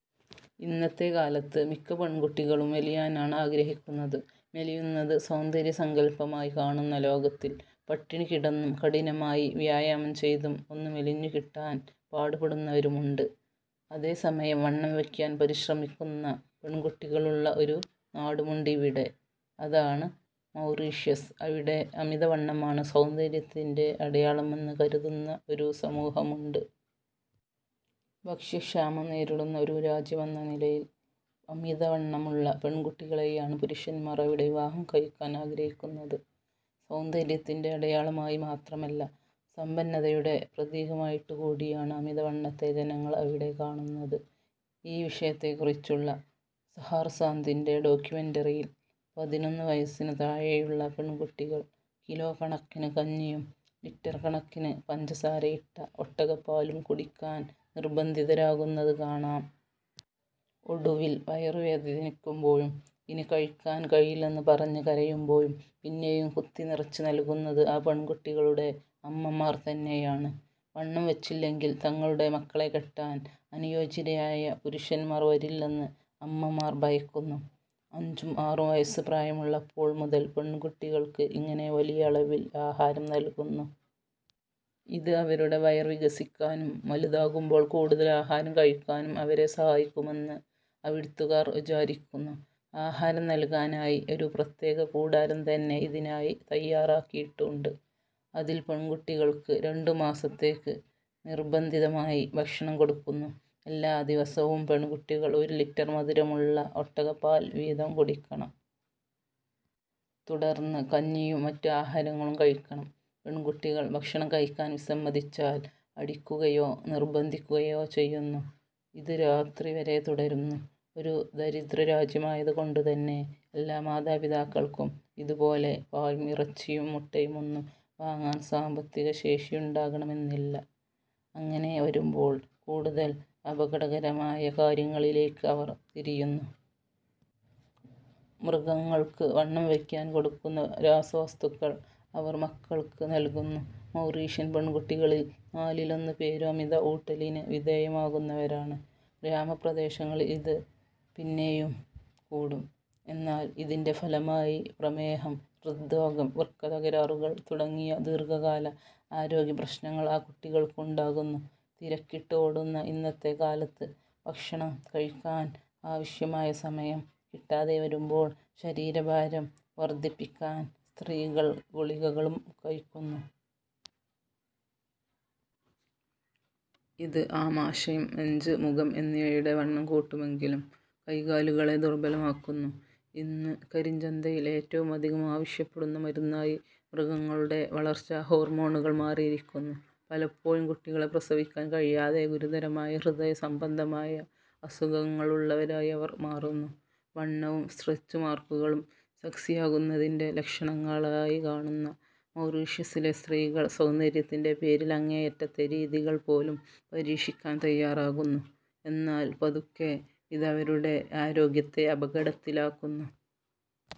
ഇന്നത്തെ കാലത്ത് മിക്ക പെൺകുട്ടികളും മെലിയാനാണ് ആഗ്രഹിക്കുന്നത്. മെലിയുന്നത് സൗന്ദര്യസങ്കല്പമായി കാണുന്ന ലോകത്തിൽ പട്ടിണി കിടന്നും കഠിനമായി വ്യായാമം ചെയ്തും ഒന്ന് മെലിഞ്ഞു കിട്ടാൻ പാടുപെടുന്നവരുമുണ്ട്. അതേസമയം വണ്ണം വയ്ക്കാൻ പരിശ്രമിക്കുന്ന പെൺകുട്ടികളുള്ള ഒരു നാടുമുണ്ട് ഇവിടെ. അതാണ് മൗറീഷ്യസ്. അവിടെ അമിതവണ്ണമാണ് സൗന്ദര്യത്തിൻ്റെ അടയാളമെന്ന് കരുതുന്ന ഒരു സമൂഹമുണ്ട്. ഭക്ഷ്യക്ഷാമം നേരിടുന്ന ഒരു രാജ്യമെന്ന നിലയിൽ അമിതവണ്ണമുള്ള പെൺകുട്ടികളെയാണ് പുരുഷന്മാർ അവിടെ വിവാഹം കഴിക്കാൻ ആഗ്രഹിക്കുന്നത്. സൗന്ദര്യത്തിൻ്റെ അടയാളമായി മാത്രമല്ല, സമ്പന്നതയുടെ പ്രതീകമായിട്ടുകൂടിയാണ് അമിതവണ്ണത്തെ ജനങ്ങൾ അവിടെ കാണുന്നത്.ഈ വിഷയത്തെക്കുറിച്ചുള്ള സഹാർ സാന്ദിൻ്റെ ഡോക്യുമെന്ററിയിൽ പതിനൊന്ന് വയസ്സിന് താഴെയുള്ള പെൺകുട്ടികൾ കിലോക്കണക്കിന് കഞ്ഞിയും ലിറ്റർ കണക്കിന് പഞ്ചസാരയിട്ട ഒട്ടകപ്പാലും കുടിക്കാൻ നിർബന്ധിതരാകുന്നത് കാണാം. ഒടുവിൽ വയറുവേദനിക്കുമ്പോഴും ഇനി കഴിക്കാൻ കഴിയില്ലെന്ന് പറഞ്ഞ് കരയുമ്പോഴും പിന്നെയും കുത്തിനിറച്ച് നൽകുന്നത് ആ പെൺകുട്ടികളുടെ അമ്മമാർ തന്നെയാണ്. വണ്ണം വച്ചില്ലെങ്കിൽ തങ്ങളുടെ മക്കളെ കെട്ടാൻ അനുയോജ്യരായ പുരുഷന്മാർ വരില്ലെന്ന് അമ്മമാർ ഭയക്കുന്നു. അഞ്ചും ആറും വയസ്സ് പ്രായമുള്ളപ്പോൾ മുതൽ പെൺകുട്ടികൾക്ക് ഇങ്ങനെ വലിയ അളവിൽ ആഹാരം നൽകുന്നു. ഇത് അവരുടെ വയർ വികസിക്കാനും വലുതാകുമ്പോൾ കൂടുതൽ ആഹാരം കഴിക്കാനും അവരെ സഹായിക്കുമെന്ന് അവിടുത്തുകാർ വിചാരിക്കുന്നു. ആഹാരം നൽകാനായി ഒരു പ്രത്യേക കൂടാരം തന്നെ ഇതിനായി തയ്യാറാക്കിയിട്ടുണ്ട്. അതിൽ പെൺകുട്ടികൾക്ക് രണ്ടുമാസത്തേക്ക് നിർബന്ധിതമായി ഭക്ഷണം കൊടുക്കുന്നു. എല്ലാ ദിവസവും പെൺകുട്ടികൾ ഒരു ലിറ്റർ മധുരമുള്ള ഒട്ടകപ്പാൽ വീതം കുടിക്കണം. തുടർന്ന് കഞ്ഞിയും മറ്റ് ആഹാരങ്ങളും കഴിക്കണം. പെൺകുട്ടികൾ ഭക്ഷണം കഴിക്കാൻ വിസമ്മതിച്ചാൽ അടിക്കുകയോ നിർബന്ധിക്കുകയോ ചെയ്യുന്നു. ഇത് രാത്രി വരെ തുടരുന്നു. ഒരു ദരിദ്രരാജ്യമായതുകൊണ്ടുതന്നെ എല്ലാ മാതാപിതാക്കൾക്കും ഇതുപോലെ പാലും ഇറച്ചിയും മുട്ടയുമൊന്നും വാങ്ങാൻ സാമ്പത്തിക ശേഷിയുണ്ടാകണമെന്നില്ല. അങ്ങനെ വരുമ്പോൾ കൂടുതൽ അപകടകരമായ കാര്യങ്ങളിലേയ്ക്ക് അവർ തിരിയുന്നു. മൃഗങ്ങൾക്ക് വണ്ണം വയ്ക്കാൻ കൊടുക്കുന്ന രാസവസ്തുക്കൾ അവർ മക്കൾക്ക് നൽകുന്നു. മൗറീഷ്യൻ പെൺകുട്ടികളിൽ നാലിലൊന്ന് പേരും അമിത ഊട്ടലിന് വിധേയമാകുന്നവരാണ്. ഗ്രാമപ്രദേശങ്ങളിൽ ഇത് പിന്നെയും കൂടും. എന്നാൽ ഇതിൻ്റെ ഫലമായി പ്രമേഹം, ഹൃദ്രോഗം, വൃക്ക തകരാറുകൾ തുടങ്ങിയ ദീർഘകാല ആരോഗ്യപ്രശ്നങ്ങൾ ആ കുട്ടികൾക്ക് ഉണ്ടാകുന്നു. തിരക്കിട്ട് ഓടുന്ന ഇന്നത്തെ കാലത്ത് ഭക്ഷണം കഴിക്കാൻ ആവശ്യമായ സമയം കിട്ടാതെ വരുമ്പോൾ ശരീരഭാരം വർദ്ധിപ്പിക്കാൻ സ്ത്രീകൾ ഗുളികകളും കഴിക്കുന്നു. ഇത് ആമാശയം, നെഞ്ച്, മുഖം എന്നിവയുടെ വണ്ണം കൂട്ടുമെങ്കിലും കൈകാലുകളെ ദുർബലമാക്കുന്നു. ഇന്ന് കരിഞ്ചന്തയിൽ ഏറ്റവുമധികം ആവശ്യപ്പെടുന്ന മരുന്നായി മൃഗങ്ങളുടെ വളർച്ചാ ഹോർമോണുകൾ മാറിയിരിക്കുന്നു. പലപ്പോഴും കുട്ടികളെ പ്രസവിക്കാൻ കഴിയാതെ ഗുരുതരമായ ഹൃദയസംബന്ധമായ അസുഖങ്ങളുള്ളവരായി അവർ മാറുന്നു. വണ്ണവും സ്ട്രെച്ച് മാർക്കുകളും സെക്സിയാകുന്നതിൻ്റെ ലക്ഷണങ്ങളായി കാണുന്ന മൗറീഷ്യസിലെ സ്ത്രീകൾ സൗന്ദര്യത്തിൻ്റെ പേരിൽ അങ്ങേയറ്റത്തെ രീതികൾ പോലും പരീക്ഷിക്കാൻ തയ്യാറാകുന്നു. എന്നാൽ പതുക്കെ ഇതവരുടെ ആരോഗ്യത്തെ അപകടത്തിലാക്കുന്നു.